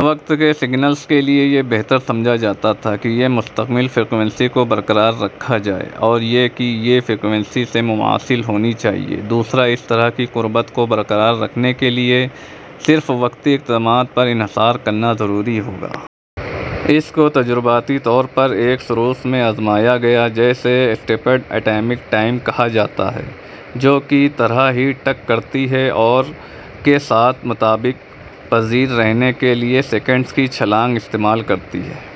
وقت کے سگنلز کے لیے یہ بہتر سمجھا جاتا تھا کہ ایک مستقل فریکوئنسی کو برقرار رکھا جائے اور یہ کہ یہ فریکوئنسی سے مماثل ہونی چاہیے۔ دوسرا اس طرح کی قربت کو برقرار رکھنے کے لیے صرف وقتی اقدامات پر انحصار کرنا ضروری ہوگا۔ اس کو تجرباتی طور پر ایک سروس میں آزمایا گیا جسے "اسٹیپڈ اٹامک ٹائم" کہا جاتا ہے، جو کی طرح ہی ٹک کرتی ہے اور کے ساتھ مطابقت پزیر رہنے کے لیے سیکنڈ کی چھلانگ استعمال کرتی ہے۔ ۔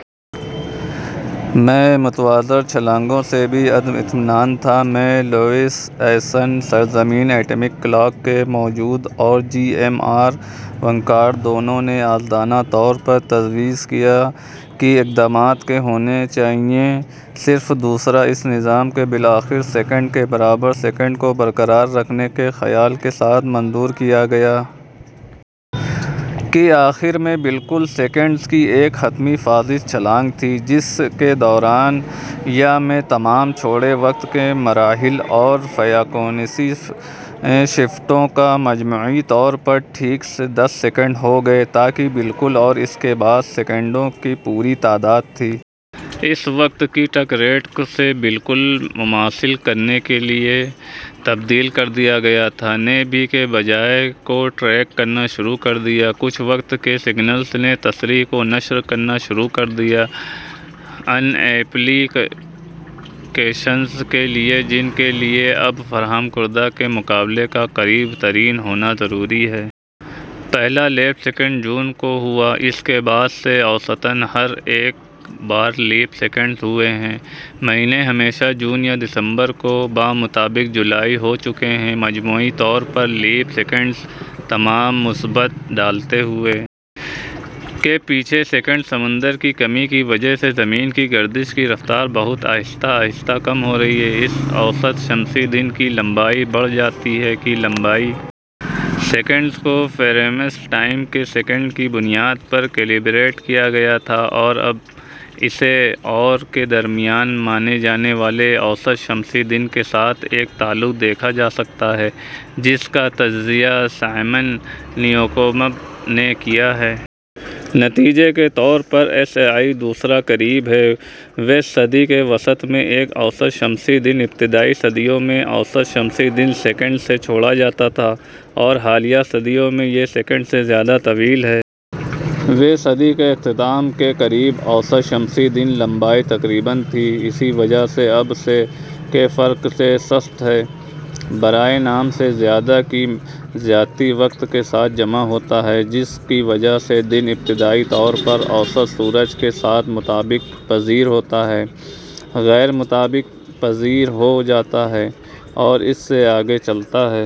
میں متواتر چھلانگوں سے بھی عدم اطمینان تھا۔ میں، Louis Essen, caesium atomic clock کے موجد اور جی۔ ایم۔ آر ونکلر دونوں نے آزادانہ طور پر تجویز کیا کہ اقدامات کے ہونے چاہئیں صرف دوسرا اس نظام کو بالآخر سیکنڈ کے برابر سیکنڈ کو برقرار رکھنے کے خیال کے ساتھ منظور کیا گیا۔ کے آخر میں، بالکل. سیکنڈز کی ایک حتمی فاسد چھلانگ تھی، جس سے کے دوران یا میں تمام چھوٹے وقت کے مراحل اور فریکوئنسی شفٹوں کا مجموعی طور پر ٹھیک دس سیکنڈ ہو گئے، تاکہ بالکل، اور اس کے بعد سیکنڈوں کی پوری تعداد تھی۔ اسی وقت، کی ٹک ریٹ کو سے بالکل مماثل کرنے کے لیے تبدیل کر دیا گیا تھا۔ نے بھی کی بجائے کو ٹریک کرنا شروع کر دیا۔ کچھ وقت کے سگنلز نے تصحیح کو نشر کرنا شروع کر دیا ان ایپلی کیشنز کے لیے جن کے لیے اب فراہم کردہ کے مقابلے کا قریب تر ہونا ضروری ہے۔ پہلا لیپ سیکنڈ جون کو ہوا۔ اس کے بعد سے، اوسطاً ہر میں ایک بار لیپ سیکنڈز ہوئے ہیں۔ مہینے، ہمیشہ جون یا دسمبر کو۔ بمطابق جولائی ، ہو چکے ہیں۔ مجموعی طور پر لیپ سیکنڈز، تمام مثبت، ڈالتے ہوئے۔ کے پیچھے سیکنڈ۔ سمندر کی کمی کی وجہ سے زمین کی گردش کی رفتار بہت آہستہ آہستہ کم ہو رہی ہے۔ اس سے اوسط شمسی دن کی لمبائی بڑھ جاتی ہے۔ کی لمبائی سیکنڈ کو فیمیرس ٹائم کے سیکنڈ کی بنیاد پر کیلیبریٹ کیا گیا تھا اور اب اسے اور کے درمیان منائے جانے والے اوسط شمسی دن کے ساتھ ایک تعلق دیکھا جا سکتا ہے، جس کا تجزیہ سائمن نیوکومب نے کیا ہے۔ نتیجے کے طور پر، ایس آئی دوسرا قریب ہے / ویں صدی کے وسط میں ایک اوسط شمسی دن ابتدائی صدیوں میں، اوسط شمسی دن سیکنڈ سے چھوٹا تھا اور حالیہ صدیوں میں یہ سیکنڈ سے زیادہ طویل ہے۔ ویں صدی کے اختتام کے قریب، اوسط شمسی دن کی لمبائی تقریباً تھی۔ اس وجہ سے، اب سے کے فرق سے "سست" ہے۔ / برائے نام سے زیادہ کی زیادتی وقت کے ساتھ جمع ہوتا ہے، جس کی وجہ سے دن، ابتدائی طور پر اوسط سورج کے ساتھ مطابقت پزیر ہوتا ہے، غیر مطابقت پزیر ہو جاتا ہے اور اس سے آگے چلتا ہے۔